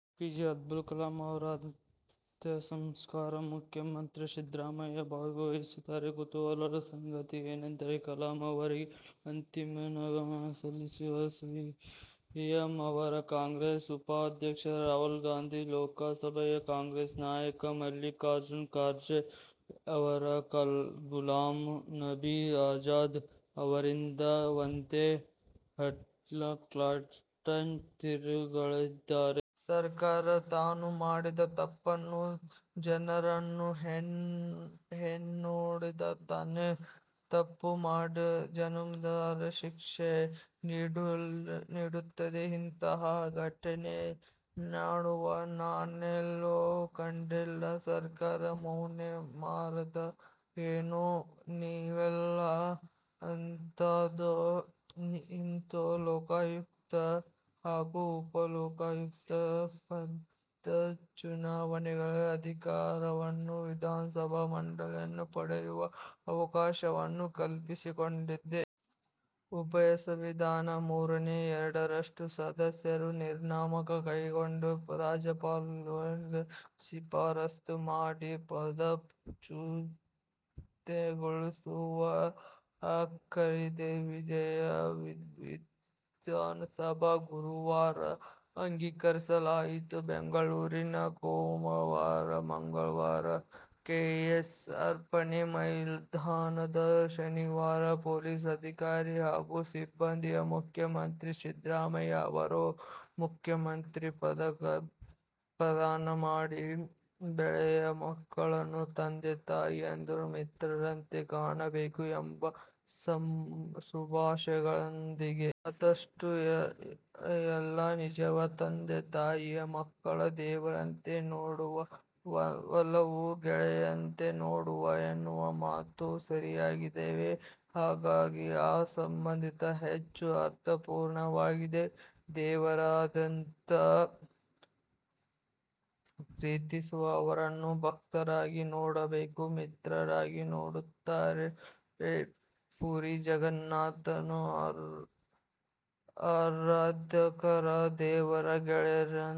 A. P. J Abdul Kalam ಅವರ ಅಂತ್ಯಸಂಸ್ಕಾರದಲ್ಲಿ ಮುಖ್ಯಮಂತ್ರಿ ಸಿದ್ದರಾಮಯ್ಯ ಭಾಗವಹಿಸಲಿದ್ದಾರೆ. ಕುತೂಹಲಕಾರಿ ಸಂಗತಿಯೆಂದರೆ, ಕಲಾಂ ಅವರಿಗೆ ಅಂತಿಮ ನಮನ ಸಲ್ಲಿಸಲು ಸಿಎಂ ಅವರು ಕಾಂಗ್ರೆಸ್ ಉಪಾಧ್ಯಕ್ಷ ರಾಹುಲ್ ಗಾಂಧಿ, ಲೋಕಸಭೆಯ ಕಾಂಗ್ರೆಸ್ ನಾಯಕ ಮಲ್ಲಿಕಾರ್ಜುನ ಖರ್ಗೆ ಹಾಗೂ ಗುಲಾಂ ನಬಿ ಆಜಾದ್ ಅವರೊಂದಿಗೆ ಒಂದೇ ಹೆಲಿಕಾಪ್ಟರ್ನಲ್ಲಿ ತೆರಳಲಿದ್ದಾರೆ. "ಸರ್ಕಾರ ತಾನು ಮಾಡಿದ ತಪ್ಪಿಗೆ ಜನರನ್ನು ನೇಣು ಹಾಕುತ್ತಿದೆ. ತಾನೇ ತಪ್ಪು ಮಾಡಿ ಜನಸಾಮಾನ್ಯರಿಗೆ ಶಿಕ್ಷೆ ನೀಡುತ್ತಿದೆ. ಇಂತಹಾ ಕೆಟ್ಟ ಆಡಳಿತವನ್ನು ನಾನೆಲ್ಲೂ ಕಂಡಿಲ್ಲ, ಸರ್ಕಾರಕ್ಕೆ ಮಾನ ಮರ್ಯಾದೆ ಏನು ಇಲ್ಲವಾ' ಅಂತೂ ಇಂತೂ ಲೋಕಾಯುಕ್ತ ಹಾಗೂ ಉಪ ಲೋಕಾಯುಕ್ತರನ್ನು ಪದಚ್ಯುತಗೊಳಿಸುವ ಅಧಿಕಾರವನ್ನು ವಿಧಾನಮಂಡಲಕ್ಕೆ ಪಡೆಯುವ ಅವಕಾಶವನ್ನು ಕಲ್ಪಿಸಿಕೊಳ್ಳಲಾಗಿದೆ. ಉಭಯ ಸದನಗಳಲ್ಲಿ ಮೂರನೇ ಎರಡರಷ್ಟು ಸದಸ್ಯರು ನಿರ್ಣಯ ಕೈಗೊಂಡು ರಾಜ್ಯಪಾಲರಿಗೆ ಶಿಫಾರಸು ಮಾಡಿ, ಪದಚ್ಯುತಗೊಳಿಸುವ ಕುರಿತ ವಿಧೇಯಕವನ್ನು ವಿಧಾನಸಭೆ ಗುರುವಾರ ಅಂಗೀಕರಿಸಿದೆ. ಬೆಂಗಳೂರಿನ ಕೋರಮಂಗಲದಲ್ಲಿರುವ ಕೆಎಸ್ಆರ್ಪಿ ಮೈದಾನದಲ್ಲಿ ಶನಿವಾರ ಪೊಲೀಸ್ ಅಧಿಕಾರಿ ಹಾಗೂ ಸಿಬ್ಬಂದಿಗೆ ಮುಖ್ಯಮಂತ್ರಿ ಸಿದ್ದರಾಮಯ್ಯ ಅವರು "ಮುಖ್ಯಮಂತ್ರಿಗಳ ಪದಕ' ಪ್ರದಾನ ಮಾಡಿದರು. ಬೆಳೆದ ಮಕ್ಕಳನ್ನು ತಂದೆ- ತಾಯಂದಿರು ಮಿತ್ರರಂತೆ ಕಾಣಬೇಕು ಎಂಬ ಸುಭಾಷಿತವೊಂದಿದೆ. ಅದು ಎಷ್ಟು ನಿಜವೋ, ತಂದೆ- ತಾಯಿಯನ್ನು ಮಕ್ಕಳು ದೇವರಂತೆ ನೋಡುವ ಬದಲು ಗೆಳೆಯರಂತೆ ನೋಡಬೇಕು ಎನ್ನುವ ಮಾತೂ ಸರಿಯಲ್ಲವೇ? ಆಗಲೇ ಆ ಸಂಬಂಧ ಹೆಚ್ಚು ಅರ್ಥಪೂರ್ಣ ಆಗುತ್ತದೆ. ದೇವರನ್ನು ಅತ್ಯಂತ ಪ್ರೀತಿಸುವವರು ಅವರನ್ನು ಭಕ್ತರಂತೆ ನೋಡದೆ, ಮಿತ್ರರಂತೆ ನೋಡುತ್ತಾರೆ. ಪುರಿ ಜಗನ್ನಾಥನ ಆರಾಧಕರಿಗೆ ದೇವರು ಗೆಳೆಯನಂತೆ.